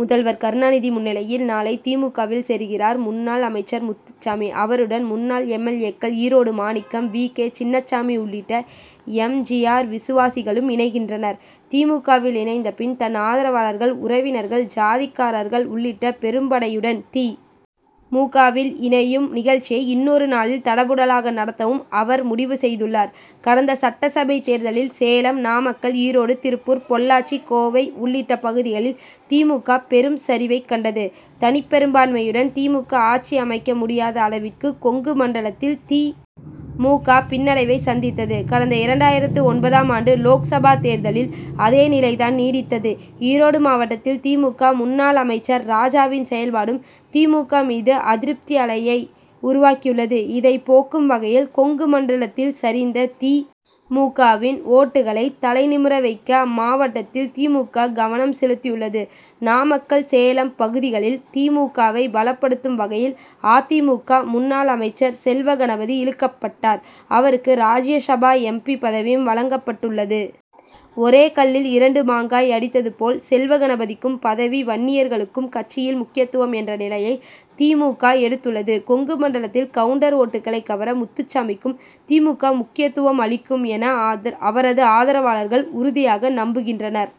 முதல்வர் கருணாநிதி முன்னிலையில் நாளை தி. மு. க.,வில் சேருகிறார் முன்னாள் அமைச்சர் முத்துசாமி. அவருடன் முன்னாள் எம். எல். ஏ.,க்கள் ஈரோடு மாணிக்கம், வி. கே. சின்னசாமி உள்ளிட்ட எம். ஜி. ஆர்., விசுவாசிகளும் இணைகின்றனர். தி. மு. க.,வில் இணைந்த பின், தன் ஆதரவாளர்கள், உறவினர்கள், ஜாதிக்காரர்கள் உள்ளிட்ட பெரும்படையுடன் தி. மு. க.,வில் இணையும் நிகழ்ச்சியை இன்னொரு நாளில் தடபுடலாக நடத்தவும் அவர் முடிவு செய்துள்ளார். கடந்த சட்டசபை தேர்தலில் சேலம், நாமக்கல், ஈரோடு, திருப்பூர், பொள்ளாச்சி, கோவை உள்ளிட்ட பகுதிகளில் தி. மு. க., பெரும் சரிவை கண்டது. தனிப்பெரும்பான்மையுடன் தி. மு. க., ஆட்சி அமைக்க முடியாத அளவிற்கு கொங்கு மண்டலத்தில் தி. மு. க., பின்னடைவை சந்தித்தது. கடந்த இரண்டாயிரத்து ஒன்பதாம் ஆண்டு லோக்சபா தேர்தலில் அதே நிலை தான் நீடித்தது. ஈரோடு மாவட்டத்தில் தி. மு. க., முன்னாள் அமைச்சர் ராஜாவின் செயல்பாடும் தி. மு. க., மீது அதிருப்தி அலையை உருவாக்கியுள்ளது. இதை போக்கும் வகையில், கொங்கு மண்டலத்தில் சரிந்த தி. மு. க.,வின் ஓட்டுக்களை தலை நிமிர வைக்க அம்மாவட்டத்தில் தி. மு. க., கவனம் செலுத்தியுள்ளது. நாமக்கல், சேலம் பகுதிகளில் தி. மு. க.,வை பலப்படுத்தும் வகையில் அ. தி. மு. க., முன்னாள் அமைச்சர் செல்வகணபதி இழுக்கப்பட்டார். அவருக்கு ராஜ்யசபா எம். பி., பதவியும் வழங்கப்பட்டுள்ளது. ஒரே கல்லில் இரண்டு மாங்காய் அடித்தது போல் செல்வகணபதிக்கும் பதவி, வன்னியர்களுக்கும் கட்சியில் முக்கியத்துவம் என்ற நிலையை தி. மு. க., எடுத்துள்ளது. கொங்கு மண்டலத்தில் கவுண்டர் ஓட்டுக்களை கவர முத்துசாமிக்கும் தி. மு. க., முக்கியத்துவம் அளிக்கும் என அவரது ஆதரவாளர்கள் உறுதியாக நம்புகின்றனர்.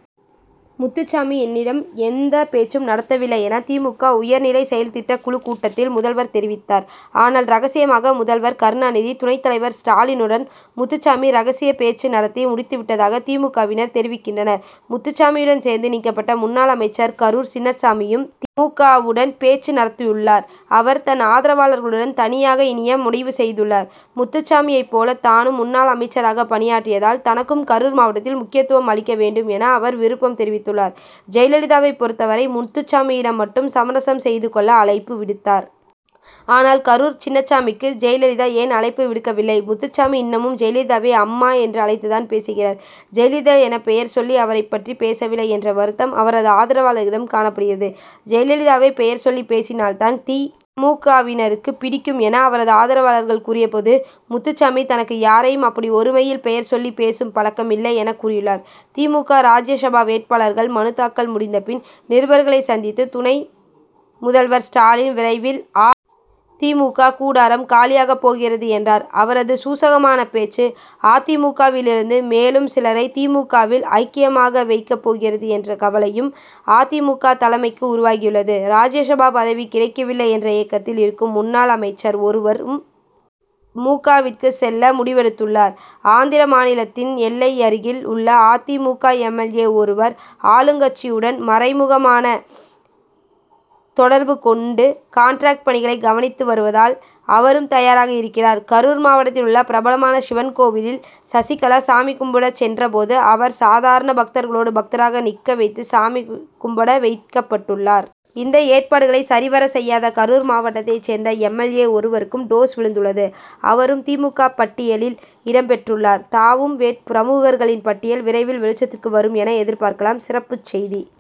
முத்துசாமி என்னிடம் எந்த பேச்சும் நடத்தவில்லை' என தி. மு. க., உயர்நிலை செயல்திட்டக் குழுக் கூட்டத்தில் முதல்வர் தெரிவித்தார். ஆனால், ரகசியமாக முதல்வர் கருணாநிதி, துணை தலைவர் ஸ்டாலினுடன் முத்துசாமி ரகசிய பேச்சு நடத்தி முடித்து விட்டதாக தி. மு. க.,வினர் தெரிவிக்கின்றனர். முத்துசாமியுடன் சேர்த்து நீக்கப்பட்ட முன்னாள் அமைச்சர் கரூர் சின்னசாமியும் தி. மு. க.,வுடன் பேச்சு நடத்தியுள்ளார். அவர் தன் ஆதரவாளர்களுடன் தனியாக இணைய முடிவு செய்துள்ளார். முத்துசாமியை போல தானும் முன்னாள் அமைச்சராக பணியாற்றியதால் தனக்கும் கரூர் மாவட்டத்தில் முக்கியத்துவம் அளிக்க வேண்டும் என அவர் விருப்பம் தெரிவித்துள்ளார். ஜெயலலிதாவை பொருத்தவரை, முத்துசாமியிடம் மட்டும் சமரசம் செய்துக் கொள்ள அழைப்பு விடுத்தார். ஆனால், கரூர் சின்னசாமிக்கு ஜெயலலிதா ஏன் அழைப்பு விடுக்கவில்லை. முத்துசாமி இன்னமும் ஜெயலலிதாவை அம்மா' என அழைத்து தான் பேசுகிறார். ஜெயலலிதா என பெயர் சொல்லி அவரை பற்றி பேசவில்லை என்ற வருத்தம் அவரது ஆதரவாளர்களிடம் காணப்படுகிறது. ஜெயலலிதாவை பெயர் சொல்லி பேசினால் தான் தி. மு. க.,வினருக்கு பிடிக்கும் என அவரது ஆதரவாளர்கள் கூறியபோது, முத்துசாமி தனக்கு யாரையும் அப்படி ஒருமையில் பெயரை சொல்லி பேசும் பழக்கம் இல்லை' எனக் கூறியுள்ளார். தி. மு. க., ராஜ்யசபா வேட்பாளர்கள் மனுத்தாக்கல் முடித்த பின் நிருபர்களை சந்தித்த துணை முதல்வர் ஸ்டாலின் விரைவில் அ. தி. மு. க., கூடாராம் காலியாகப் போகிறது' என்றார். அவரது சூசகமான பேச்சு, அ. தி. மு. க., விலிருந்து மேலும் சிலரை தி. மு. க.,வில் ஐக்கியமாக வைக்கப் போகிறது என்ற கவலையும் அ. தி. மு. க., தலைமைக்கு உருவாகியுள்ளது. ராஜ்யசபா பதவி கிடைக்க வில்லை என்ற ஏக்கத்தில் இருக்கும் முன்னாள் அமைச்சர் ஒருவரும் மு. க.,விற்கு செல்ல முடிவெடுத்துள்ளார். ஆந்திரா மாநிலத்தின் எல்லை அருகில் உள்ள அ. தி. மு. க., எம். எல். ஏ., ஒருவர் ஆளுங்கட்சியுடன் மறைமுகமான தொடர்பு கொண்டு கான்ட்ராக்ட் பணிகளை கவனித்து வருவதால் அவரும் தயாராக இருக்கிறார். கரூர் மாவட்டத்தில் உள்ள பிரபலமான சிவன் கோவிலில் சசிகலா சாமி கும்பிட சென்ற போது அவர் சாதாரண பக்தர்களோடு பக்தராக நிற்க வைத்து சாமி கும்பிட வைக்கப்பட்டுள்ளார். இந்த ஏற்பாடுகளை சரிவர செய்யாத கரூர் மாவட்டத்தை சேர்ந்த எம். எல். ஏ., ஒருவருக்கும் டோஸ்' விழுந்துள்ளது. அவரும் தி. மு. க., பட்டியலில் இடம் பெற்றுள்ளார். தாவும் பிரமுகர்களின் பட்டியல் விரைவில் வெளிச்சத்துக்கு வரும் என எதிர்பார்க்கலாம். சிறப்புச் செய்தி -